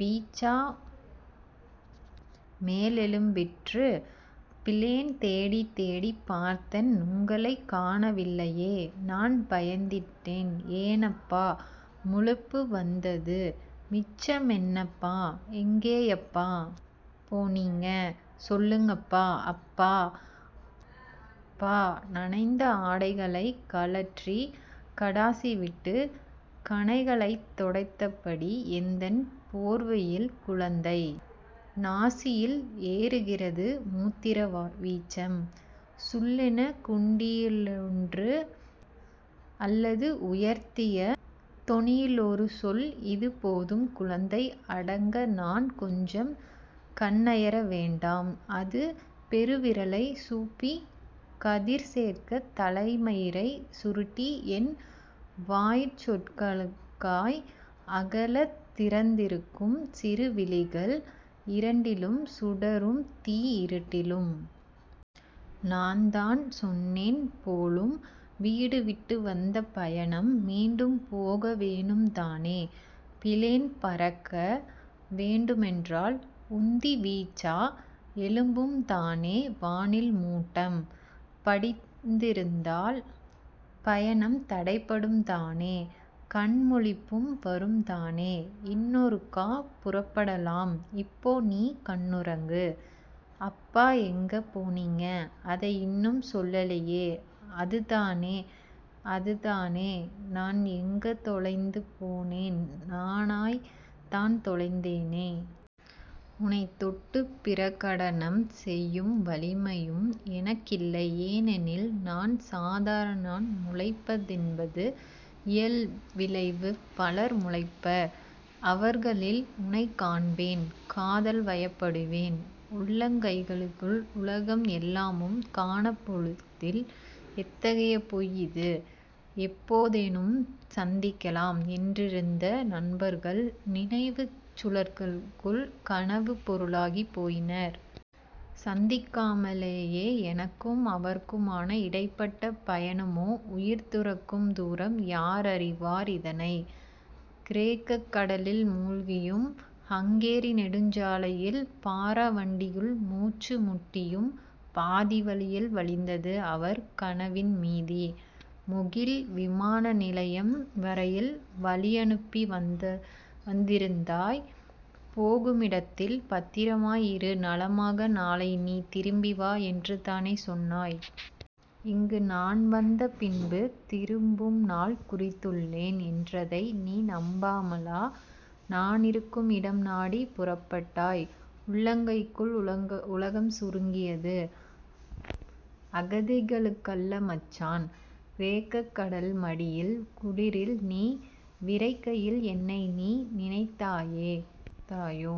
வீச்சா மேலெழும்பிற்று பிளேன் தேடித் தேடிப் பார்த்தன் உங்களைக் காணவில்லையே நான் பயந்திட்டன் ஏனப்பா முழிப்பு வந்தது மிச்சமென்னப்பா எங்கேயப்பா போனனீங்க சொல்லுங்கப்பா... அப்பா... பா... நனைந்த ஆடைகளைக் கழற்றிக் கடாசிவிட்டு கணைகளைத் தொடுத்தபடி எந்தன் போர்வையுள் குழந்தை. நாசியில் ஏறுகிறது மூத்திர வீச்சம் சுள்ளென குண்டியிலொன்று அல்லது உயர்த்திய தொனியிலொரு சொல் இது போதும் குழந்தை அடங்க நான் கொஞ்சம் கண்ணயர வேண்டாம் அது பெருவிரலைச் சூப்பி கதிர்சேர்க்க தலைமயிரைச் சுருட்டி என் வாய்ச்சொற்களுக்காய் அகலத் திறந்திருக்கும் சிறு விழிகள் இரண்டிலும் சுடரும் தீ இருட்டிலும்.... நான்தான் சொன்னேன் போலும் வீடுவிட்டு வந்த பயணம் மீண்டும் போக வேணும்தானே பிளேன் பறக்க வேண்டுமென்றால் உந்தி வீச்சா எழும்பும்தானே வானில் மூட்டம் படிந்திருந்தால் பயணம் தடைப்படும்தானே கண்முழிப்பும் வரும்தானே இன்னொருக்கா புறப்படலாம் இப்போ நீ கண்ணுறங்கு. அப்பா எங்க போனீங்க அதை இன்னும் சொல்லலையே அதுதானே அதுதானே நான் எங்க தொலைந்து போனேன் நானாய்த் தான் தொலைந்தேனா? உனைத் தொட்டு பிரகடனம் செய்யும் வலிமையும் எனக்கில்லை ஏனெனில் நான் சாதாரணன் முளைப்பதென்பது இயல்விளைவு பலர் முளைப்பர் அவர்களில் உனைக்காண்பேன் காதல்வயப்படுவேன். உள்ளங் கைக்குள் உலகம் எல்லாமும் கணப்பொழுதில் எத்தகைய பொய் இது. எப்போதேனும் சந்திக்கலாம் என்றிருந்த நண்பர்கள் நினைவுச் சுழற்சிக்குள் கனவுப் பொருளாகிப் போயினர். சந்திக்காமலேயே எனக்கும் அவர்க்குமான இடைப்பட்ட பயணமோ உயிர் துறக்கும் தூரம் யார் அறிவார் இதனை? கிரேக்கக் கடலில் மூழ்கியும், ஹங்கேரி நெடுஞ்சாலையில் பாரவண்டியுள் மூச்சு முட்டியும், பாதிவழியில் வழிந்தது அவர் கனவின் மீதி...! முகில்! விமான நிலையம் வரையில் வழியனுப்ப வந்திருந்தாய் போகுமிடத்தில் பத்திரமாய் இரு நலமாக நாளை நீ திரும்பி வா" என்றுதானே சொன்னாய். இங்கு நான் வந்த பின்பு திரும்பும் நாள் குறித்துள்ளேன் என்றதை நீ நம்பாமலா நானிருக்கும் இடம் நாடிப் புறப்பட்டாய்? உள்ளங்கைக்குள் உலகம் சுருங்கியது அகதிகளுக்கல்ல மச்சான்! கிரேக்க கடல் மடியில் குளிரில் நீ விறைக்கையில் என்னை நீ நினைத்தாயோ!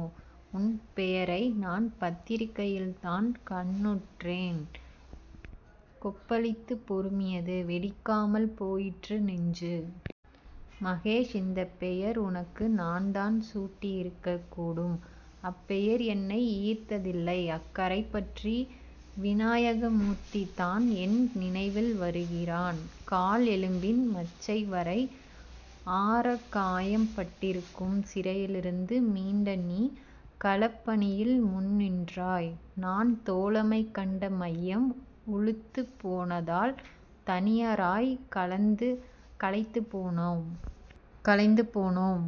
உன் பெயரை நான் பத்திரிகையில்தான் கண்ணுற்றேன் கொப்பளித்து பொருமியது, வெடிக்காமல் போயிற்று நெஞ்சு! மகேஷ்! இந்தப் பெயர் உனக்கு நான்தான் சூட்டியிருக்கக்கூடும் அப்பெயர் என்னை ஈர்த்ததில்லை அக்கரைப்பற்று வினாயகமூர்த்திதான் என் நினைவில் வருகிறான். கால் எலும்பின் மச்சைவரை। ஆறாக்காயம் பட்டிருந்தும் சிறையிருந்து மீண்ட நீ களப்பணியில் முன்நின்றாய். நாம் தோழமை கண்ட மையம் உளுத்துப்போனதால் தனியராய் கலைந்து போனோம்.